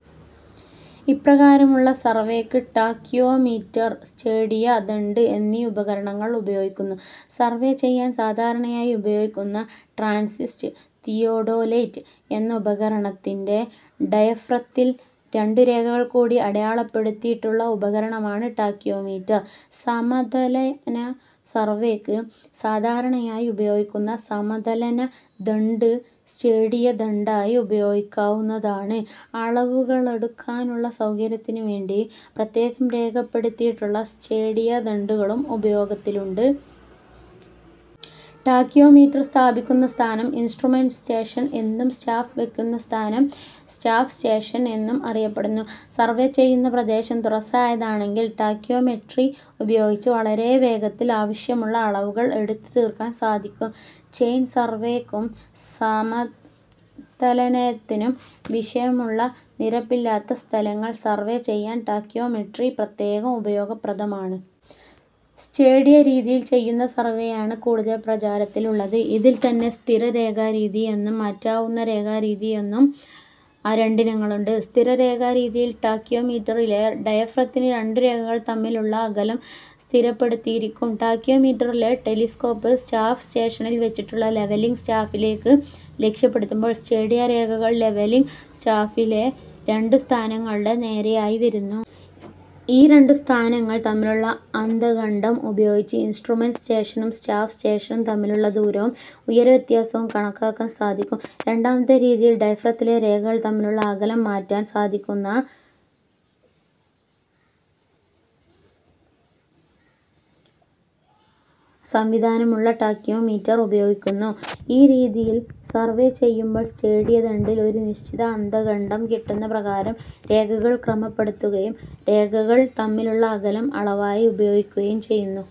ഇപ്രകാരമുള്ള സർവേയ്ക്ക് ടാക്കിയോമീറ്റർ, സ്റ്റേഡിയ ദണ്ഡ് എന്നീ ഉപകരണങ്ങൾ ഉപയോഗിക്കുന്നു. സർവേ ചെയ്യാൻ സാധാരണയായി ഉപയോഗിക്കുന്ന ട്രാൻസിറ്റ് തിയോഡൊലൈറ്റ് എന്ന ഉപകരണത്തിന്റെ ഡയഫ്രത്തിൽ രണ്ടുരേഖകൾ കൂടി അടയാളപ്പെടുത്തിയിട്ടുള്ള ഉപകരണമാണ് ടാക്കിയോമീറ്റർ. സമതലന സർവേക്ക് സാധാരണയായി ഉപയോഗിക്കുന്ന സമതലന ദണ്ഡ് സ്റ്റേഡിയ ദണ്ഡായി ഉപയോഗിക്കാവുന്നതാണ്. അളവുകളെടുക്കാനുള്ള സൗകര്യത്തിനുവേണ്ടി പ്രത്യേകം രേഖപ്പെടുത്തിയിട്ടുള്ള സ്റ്റേഡിയ ദണ്ഡുകളും ഉപയോഗത്തിലുണ്ട്. ടാക്കിയോമീറ്റർ സ്ഥാപിക്കുന്ന സ്ഥാനം 'ഇൻസ്ട്രുമെന്റ് സ്റ്റേഷൻ' എന്നും സ്റ്റാഫ് വയ്ക്കുന്ന സ്ഥാനം 'സ്റ്റാഫ് സ്റ്റേഷൻ' എന്നും അറിയപ്പെടുന്നു. സർവേ ചെയ്യുന്ന പ്രദേശം തുറസ്സായതാണെങ്കിൽ, ടാക്കിയോമെട്രി ഉപയോഗിച്ച് വളരെ വേഗത്തിൽ ആവശ്യമുള്ള അളവുകൾ എടുത്തുതീർക്കാൻ സാധിക്കും. ചെയിൻ സർവേക്കും സമതലനത്തിനും വിഷമമുള്ള, നിരപ്പില്ലാത്ത സ്ഥലങ്ങൾ സർവേ ചെയ്യാൻ ടാക്കിയോമെട്രി പ്രത്യേകം ഉപയോഗപ്രദമാണ്. സ്റ്റേഡിയ രീതിയിൽ ചെയ്യുന്ന സർവേയാണ് കൂടുതൽ പ്രചാരത്തിലുള്ളത്. ഇതിൽത്തന്നെ 'സ്ഥിര രേഖാരീതി ' എന്നും 'മാറ്റാവുന്ന രേഖാ രീതി ' എന്നും രണ്ടിനങ്ങളുണ്ട്. സ്ഥിര രേഖാ രീതിയിൽ, ടാക്കിയോമീറ്ററിലെ ഡയഫ്രത്തിലുള്ള രണ്ടു രേഖകൾ തമ്മിലുള്ള അകലം സ്ഥിരപ്പെടുത്തിയിരിക്കും. ടാക്കിയോമീറ്ററിലെ ടെലിസ്കോപ്, സ്റ്റാഫ് സ്റ്റേഷനിൽ വച്ചിട്ടുള്ള ലെവലിങ് സ്റ്റാഫിലേക്കു ലക്ഷ്യപ്പെടുത്തുമ്പോൾ സ്റ്റേഡിയ രേഖകൾ ലെവലിങ് സ്റ്റാഫിലെ രണ്ടു സ്ഥാനങ്ങളുടെ നേരെയായി വരുന്നു. ഈ രണ്ടു സ്ഥാനങ്ങൾ തമ്മിലുള്ള അന്തഃഖണ്ഡം ഉപയോഗിച്ച് ഇൻസ്ട്രുമെന്റ് സ്റ്റേഷനും സ്റ്റാഫ് സ്റ്റേഷനും തമ്മിലുള്ള ദൂരവും ഉയരവ്യത്യാസവും കണക്കാക്കാൻ സാധിക്കും. രണ്ടാമത്തെ രീതിയിൽ, ഡയഫ്രത്തിലെ രേഖകൾ തമ്മിലുള്ള അകലം മാറ്റാൻ സാധിക്കുന്ന സംവിധാനമുള്ള ടാക്കിയോമീറ്റർ ഉപയോഗിക്കുന്നു. ഈ രീതിയിൽ സർവേ ചെയ്യുമ്പോൾ സ്റ്റേഡിയ ദണ്ഡിൽ ഒരു നിശ്ചിത അന്തഃഖണ്ഡം കിട്ടുന്ന പ്രകാരം രേഖകൾ ക്രമപ്പെടുത്തുകയും രേഖകൾ തമ്മിലുള്ള അകലം അളവായി ഉപയോഗിക്കുകയും ചെയ്യുന്നു.